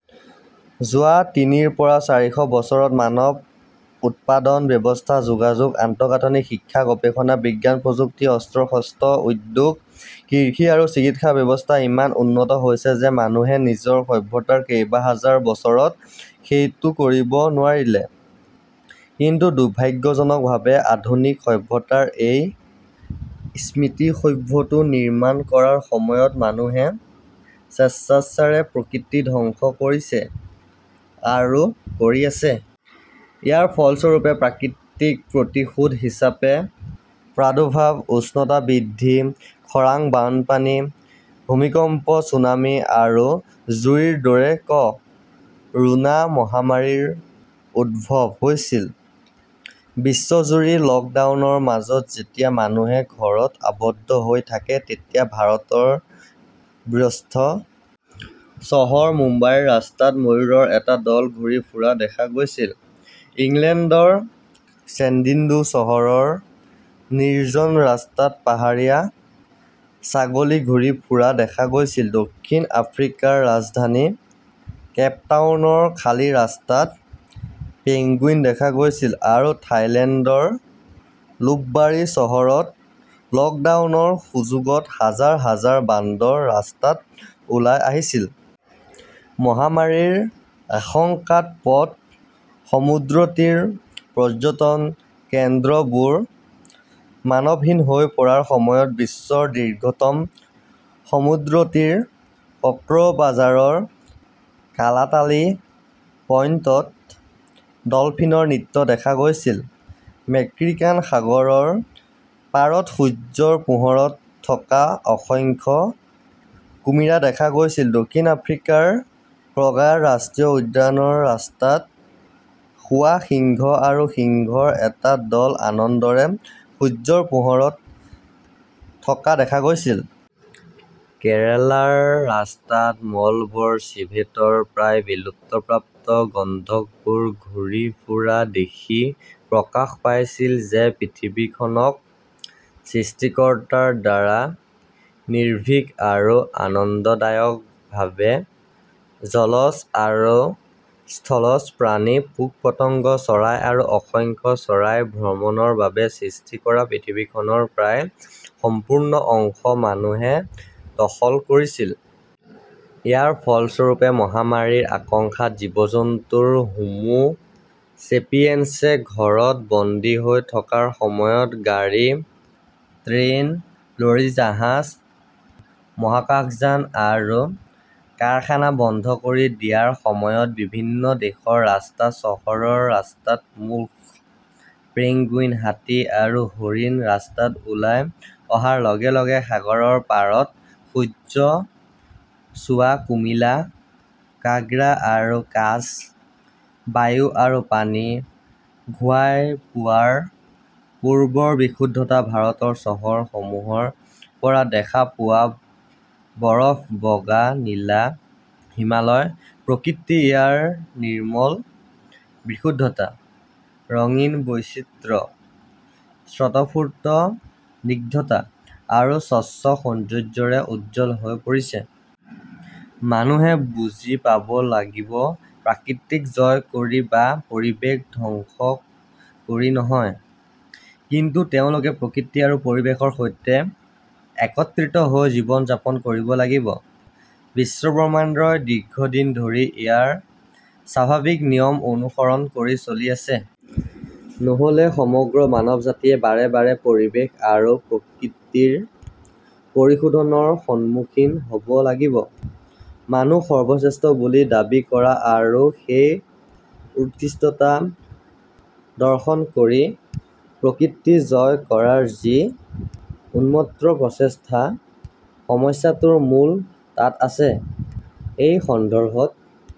যোৱা তিনিৰ পৰা চাৰিশ বছৰত মানৱ উৎপাদন ব্যৱস্থা, যোগাযোগ, আন্তঃগাঁথনি, শিক্ষা-গৱেষণা, বিজ্ঞান-প্ৰযুক্তি, অস্ত্ৰ-শস্ত্ৰ, উদ্যোগ, কৃষি আৰু চিকিৎসা ব্যৱস্থা ইমান উন্নত হৈছে যে মানুহে নিজৰ সভ্যতাৰ কেইবাহাজাৰ বছৰত সেইটো কৰিব নোৱাৰিলে। কিন্তু দুৰ্ভাগ্যজনকভাৱে, আধুনিক সভ্যতাৰ এই স্মৃতিসৌধটো নিৰ্মাণ কৰাৰ সময়ত মানুহে স্বেচ্ছাচাৰে প্ৰকৃতি ধ্বংস কৰিছে আৰু কৰি আছে। ইয়াৰ ফলস্বৰূপে প্ৰকৃতিৰ প্ৰতিশোধ হিচাপে প্ৰাদুৰ্ভাৱ, উষ্ণতা বৃদ্ধি, খৰাং, বানপানী, ভূমিকম্প, ছুনামি আৰু জুইৰ দৰে ক "ৰোনা মহামাৰীৰ উদ্ভৱ হৈছিল। বিশ্বজুৰি 'লকডাউন "ৰ মাজত যেতিয়া মানুহে ঘৰত আবদ্ধ হৈ থাকে, তেতিয়া ভাৰতৰ ব্যস্ত চহৰ মুম্বাইৰ ৰাস্তাত ময়ূৰৰ এটা দল ঘূৰি ফুৰা দেখা গৈছিল; ইংলেণ্ডৰ চেণ্ডিন্ডো চহৰৰ নিৰ্জন ৰাস্তাত পাহাৰীয়া ছাগলী ঘূৰি ফুৰা দেখা গৈছিল; দক্ষিণ আফ্ৰিকাৰ ৰাজধানী কেপটাউনৰ খালী ৰাস্তাত পেঙ্গুইন দেখা গৈছিল; আৰু থাইলেণ্ডৰ লুপবাৰী চহৰত লকডাউনৰ সুযোগত হাজাৰ হাজাৰ বান্দৰ ৰাস্তাত ওলাই আহিছিল। মহামাৰীৰ আশংকাত পথ, সমুদ্ৰতীৰ, পৰ্যটন কেন্দ্ৰবোৰ মানৱহীন হৈ পৰাৰ সময়ত, বিশ্বৰ দীৰ্ঘতম সমুদ্ৰতীৰ কক্সবাজাৰৰ কালাতালি পইণ্টত ডলফিনৰ নৃত্য দেখা গৈছিল; মেক্সিকান সাগৰৰ পাৰত সূৰ্যৰ পোহৰত থকা অসংখ্য কুমিৰা দেখা গৈছিল; দক্ষিণ আফ্ৰিকাৰ ক্ৰগাৰ ৰাষ্ট্ৰীয় উদ্যানৰ ৰাস্তাত শুৱা সিংহ আৰু সিংহৰ এটা দল আনন্দৰে সূৰ্যৰ পোহৰত থকা দেখা গৈছিল। কেৰালাৰ ৰাস্তাত মলবৰ চিভেটৰ প্ৰায় বিলুপ্তপ্ৰাপ্ত গন্ধকবোৰ ঘূৰি ফুৰা দেখি প্ৰকাশ পাইছিল যে পৃথিৱীখনক সৃষ্টিকৰ্তাৰ দ্বাৰা নিৰ্ভীক আৰু আনন্দদায়কভাৱে জলজ আৰু স্থলজ প্ৰাণী, পোক-পতংগ, চৰাই আৰু অসংখ্য চৰাইৰ ভ্ৰমণৰ বাবে সৃষ্টি কৰা পৃথিৱীখনৰ প্ৰায় সম্পূৰ্ণ অংশ মানুহে দখল কৰিছিল। ইয়াৰ ফলস্বৰূপে মহামাৰীৰ আশংকাত জীৱ-জন্তুৰ হোমো ছেপিয়েন্সে ঘৰত বন্দী হৈ থকাৰ সময়ত, গাড়ী-ট্ৰেইন-লৰী-জাহাজ, মহাকাশযান আৰু কাৰখানা বন্ধ কৰি দিয়াৰ সময়ত; বিভিন্ন দেশৰ ব্যস্ত চহৰৰ ৰাস্তাত মূৰ্খ, পেঙ্গুইন, হাতী আৰু হৰিণ ৰাস্তাত ওলাই অহাৰ লগে লগে; সাগৰৰ পাৰত সূৰ্য চোৱা কুমিলা, কাঁকড়া আৰু কাছ; বায়ু আৰু পানী ঘূৰাই পোৱাৰ পূৰ্বৰ বিশুদ্ধতা; ভাৰতৰ চহৰসমূহৰ পৰা দেখা পোৱা বৰফ-বগা নীলা হিমালয়; প্ৰকৃতি ইয়াৰ নিৰ্মল বিশুদ্ধতা, ৰঙীন বৈচিত্ৰ্য, স্বতঃস্ফূৰ্ত স্নিগ্ধতা আৰু স্বচ্ছ সৌন্দৰ্য্যৰে উজ্জ্বল হৈ পৰিছে। মানুহে বুজি পাব লাগিব-প্ৰকৃতিক জয় কৰি বা পৰিৱেশ ধ্বংস কৰি নহয়; কিন্তু তেওঁলোকে প্ৰকৃতি আৰু পৰিৱেশৰ সৈতে একত্ৰিত হৈ জীৱন যাপন কৰিব লাগিব, বিশ্বব্ৰহ্মাণ্ডই দীৰ্ঘদিন ধৰি ইয়াৰ স্বাভাৱিক নিয়ম অনুসৰণ কৰি চলি আছে। নহ "লে সমগ্ৰ মানৱজাতিয়ে বাৰে বাৰে পৰিৱেশ আৰু প্ৰকৃতিৰ প্ৰতিশোধৰ সন্মুখীন হ" ব লাগিব। মানুহ সৰ্বশ্ৰেষ্ঠ বুলি দাবী কৰা আৰু সেই উৎকৃষ্টতা প্ৰদৰ্শন কৰি প্ৰকৃতি জয় কৰাৰ যি উন্মত্ত প্ৰচেষ্টা, সমস্যাটোৰ মূল তাত আছে। এই সন্দৰ্ভত